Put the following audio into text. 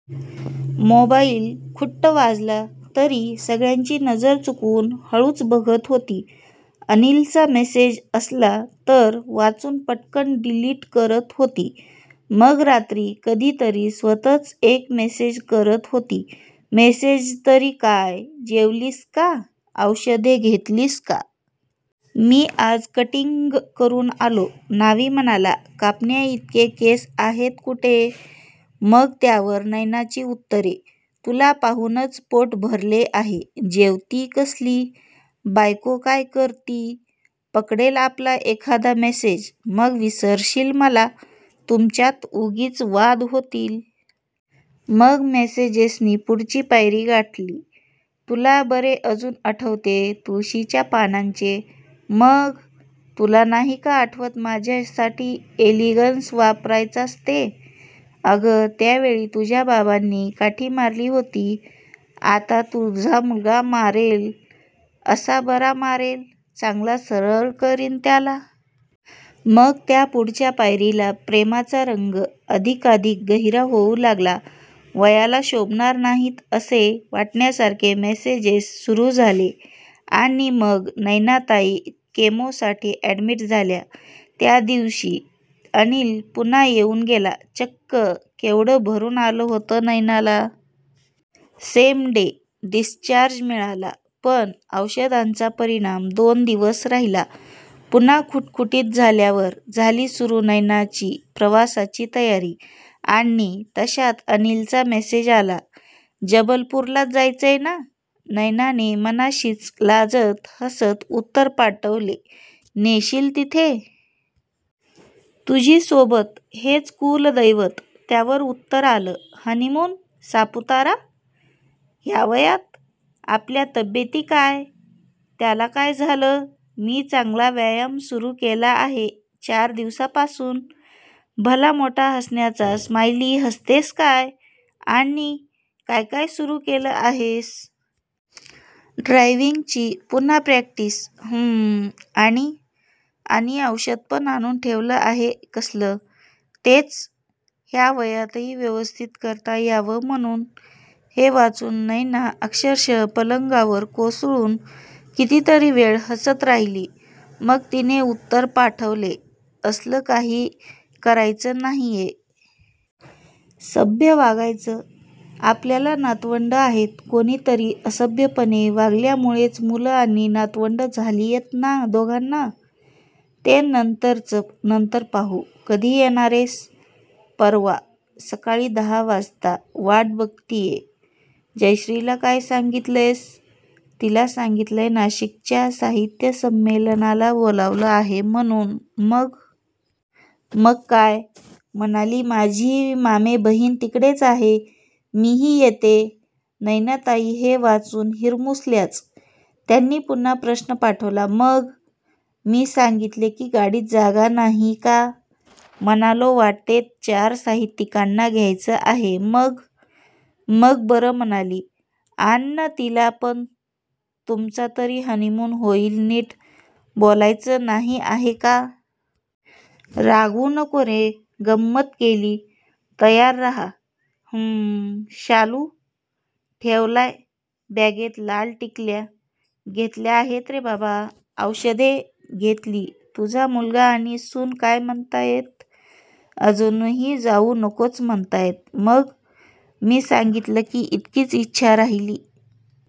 Mobile खुट्ट वाजला तरी सगळ्यांची नजर चुकवून हळूच बघत होती. अनिलचा मेसेज असला तर वाचून पटकन डिलीट करत होती. मग रात्री कधीतरी स्वतःच एक मेसेज करत होती. मेसेज तरी काय? जेवलीस का? औषधे घेतलीस का? मी आज कटिंग करून आलो, न्हावी म्हणाला कापण्याइतके केस आहेत कुठे? मग त्यावर नयनाची उत्तरे! तुला पाहूनच पोट भरले आहे. जेवतीय कसली? बायको काय करतीय? पकडेल आपला एखादा मेसेज! मग विसरशील मला! तुमच्यात उगीच वाद होतील. मग मेसेजेसनी पुढची पायरी गाठली. तुला बरे अजून आठवते तुळशीच्या पानांचे? मग? तुला नाही का आठवत माझ्यासाठी 'एलिगन्स' वापरायचास ते? अगं त्यावेळी तुझ्या बाबांनी काठी मारली होती, आता तुझा मुलगा मारेल. असा बरा मारेल, चांगला सरळ करीन त्याला! मग त्यापुढच्या पायरीला प्रेमाचा रंग अधिकाधिक गहिरा होऊ लागला. वयाला शोभणार नाहीत असे वाटण्यासारखे मेसेजेस सुरू झाले. आणि मग नयनाताई केमोसाठी अॅडमीट झाल्या. त्यादिवशी अनिल पुन्हा येऊन गेला. चक्क! केवढं भरून आलं होतं नयनाला! सेम डे डिसचार्ज मिळाला. पण औषधांचा परिणाम दोन दिवस राहिला. पुन्हा खुटखुटीत झाल्यावर झाली सुरू नयनाची प्रवासाची तयारी! आणि तश्यात अनिलचा मेसेज आला. 'जबलपूरलाच जायचंय ना? 'नयनाने मनाशीच लाजत हसत उत्तर पाठवले. 'नेशील तिथे! तुझी सोबत हेच कुलदैवत'त्यावर उत्तर आलं! 'हनीमून? सापूतारा? ''ह्या वयात? ''आपल्या तब्येती काय''त्याला काय झालं? मी चांगला व्यायाम सुरू केला आहे चार दिवसांपासून''भला मोठा हसण्याचा स्मायली''हसतेस काय? ''आणि काय काय सुरू केलं आहेस? ''ड्रायव्हिंगची पुन्हा प्रॅक्टिस''हम्म्म! आणि? ''आणि औषधपण आणून ठेवलं आहे''कसलं? ''तेच! ह्या वयातही व्यवस्थित करता यावं म्हणून'हे वाचून नयना अक्षरशः पलंगावर कोसळून कितीतरी वेळ हसत राहिली. मग तिने उत्तर पाठवले. 'असलं काही करायचं नाहीये. सभ्य वागायचं. आपल्याला नातवंडं आहेत''कोणीतरी असभ्यपणे वागल्यामुळेच मुलं आणि नातवंड झालीयत ना दोघांना? 'ते नंतरचं नंतर पाहू, कधी येणारेस? ''परवा सकाळी दहा वाजता''वाट बघतीय. जयश्रीला काय सांगितलंयस? ''तिला सांगितलंय नाशिकच्या साहित्य संमेलनाला बोलावलं आहे म्हणून''मग? ''मग काय? म्हणाली माझी मामेबहिण तिकडेच आहे, मीही येते'नयनाताई हे वाचून हिरमुसल्याच. त्यांनी पुन्हा प्रश्न पाठवला. 'मग? मी सांगितलं की गाडीत जागा नाही''का? '"म्हणालो वाटेत चार साहित्यिकांना घ्यायचं आहे''मग? ''मग बरं म्हणाली''आण ना तिला पण, तुमचा तरी हनीमून होईल''नीट बोलायचं नाही आहे का? ''रागवू नको रे, गंमत केली''तयार राहा''हम्म्म्म''शालू? 'ठेवलाय बॅगेत''लाल टिकल्या? ''घेतल्या आहेत रे बाबा''औषधे? ''घेतली''तुझा मुलगा आणि सून काय म्हणतायत? ''अजूनही जाऊ नकोच म्हणतायत''मग? मी सांगितलं की इतकीच इच्छा राहिली